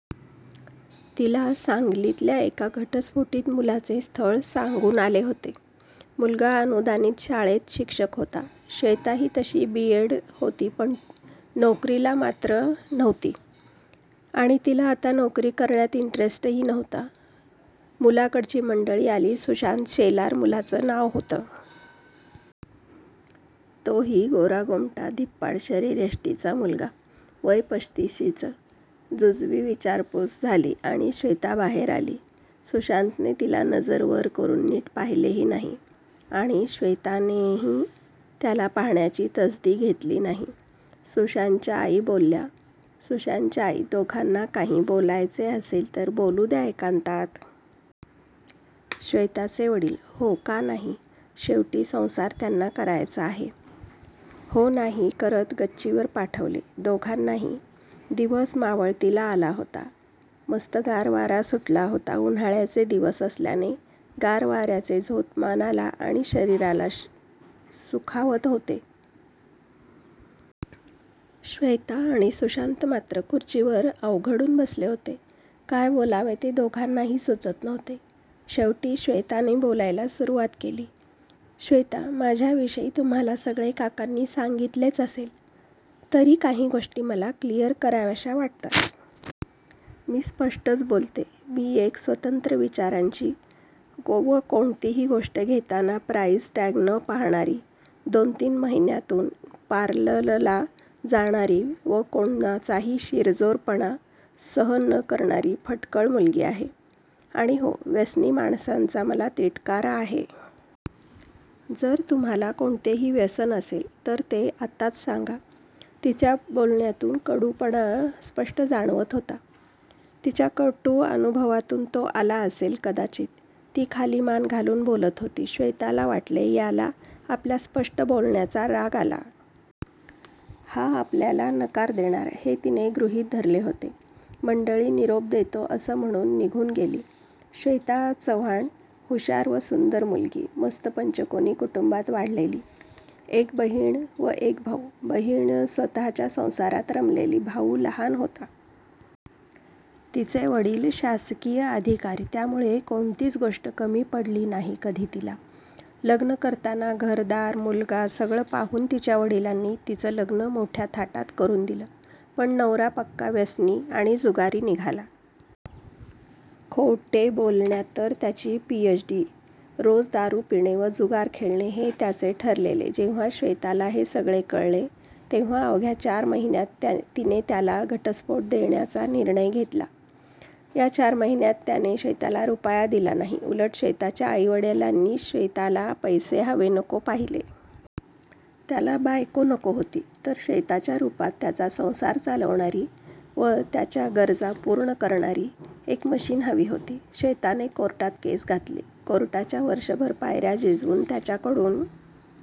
तिला सांगलीतल्या एका घटस्फोटित मुलाचे स्थळ सांगून आले होते. मुलगा अनुदानित शाळेत शिक्षक होता. श्वेता ही तशी बी. एड होती. पण नोकरीला मात्र नव्हती आणि तिला आता नोकरी करण्यात इंटरेस्टही नव्हता. मुलाकडची मंडळी आली, सुशांत शेलार मुलाचं नाव होतं. तोही गोरागोमटा, धिप्पाड शरीरयष्टीचा मुलगा, वय पस्तिशीचं. जुजबी विचारपूस झाली आणि श्वेता बाहेर आली. सुशांतने तिला नजर वर करून नीट पाहिलेही नाही आणि श्वेतानेही त्याला पाहण्याची तसदी घेतली नाही. सुशांतच्या आई बोलल्या, सुशांतच्या आई, दोघांना काही बोलायचे असेल तर बोलू द्या एकांतात. श्वेताचे वडील, हो का नाही, शेवटी संसार त्यांना करायचा आहे. हो-नाही करत गच्चीवर पाठवले दोघांनाही! दिवस मावळतीला आला होता. मस्त गार वारा सुटला होता, उन्हाळ्याचे दिवस असल्याने गार वाऱ्याचे झोत मनाला आणि शरीराला सुखावत होते. श्वेता आणि सुशांत मात्र खुर्चीवर अवघडून बसले होते. काय बोलावे ते दोघांनाही सुचत नव्हते. शेवटी श्वेताने बोलायला सुरुवात केली. श्वेता, माझ्याविषयी तुम्हाला सगळे काकांनी सांगितलेच असेल, तरी काही गोष्टी मला क्लिअर कराव्याशा वाटतात. मी स्पष्टच बोलते. मी एक स्वतंत्र विचारांची व कोणतीही गोष्ट घेताना प्राईज टॅग न पाहणारी, दोन-तीन महिन्यांतून पारललला जाणारी व कोणाचाही शिरजोरपणा सहन न करणारी फटकळ मुलगी आहे आणि हो, व्यसनी माणसांचा मला तिटकारा आहे. जर तुम्हाला कोणतेही व्यसन असेल तर ते आत्ताच सांगा. तिच्या बोलण्यात कडूपणा स्पष्ट जाणवत होता. तिच्या कटू अनुभवातून तो आला असेल कदाचित. ती खाली मान घालून बोलत होती. श्वेताला वाटले याला आपल्या स्पष्ट बोलण्याचा राग आला. हा आपल्याला नकार देणार हे तिने गृहीत धरले होते. मंडळी निरोप देतो असं म्हणून निघून गेली. श्वेता चव्हाण हुशार व सुंदर मुलगी. मस्त पंचकोनी कुटुंबात वाढलेली. एक बहीण व एक भाऊ; बहीण स्वतःच्या संसारात रमलेली, भाऊ लहान होता. तिचे वडील शासकीय अधिकारी, त्यामुळे कोणतीच गोष्ट कमी पडली नाही कधी तिला! लग्न करताना घरदार, मुलगा सगळं पाहून तिच्या वडिलांनी तिचं लग्न मोठ्या थाटात करून दिलं. पण नवरा पक्का व्यसनी आणि जुगारी निघला. खोटे बोलण्यात तर त्याची पी.एच.डी., रोज दारू पिणे व जुगार खेळणे हे त्याचे ठरलेले. जेव्हा श्वेताला हे सगळे कळले तेव्हा अवघ्या चार महिन्यांत तिने त्याला घटस्फोट देण्याचा निर्णय घेतला. या चार महिन्यांत त्याने श्वेताला रुपया दिला नाही, उलट श्वेताच्या आई-वडिलांनी श्वेताला पैसे, हवे-नको पाहिले. त्याला बायको नको होती तर श्वेताच्या रूपात त्याचा संसार चालवणारी व त्याच्या गरजा पूर्ण करणारी एक मशीन हवी होती. श्वेताने कोर्टात केस घातली, कोर्टाच्या वर्षभर पायऱ्या झिजवून त्याच्याकडून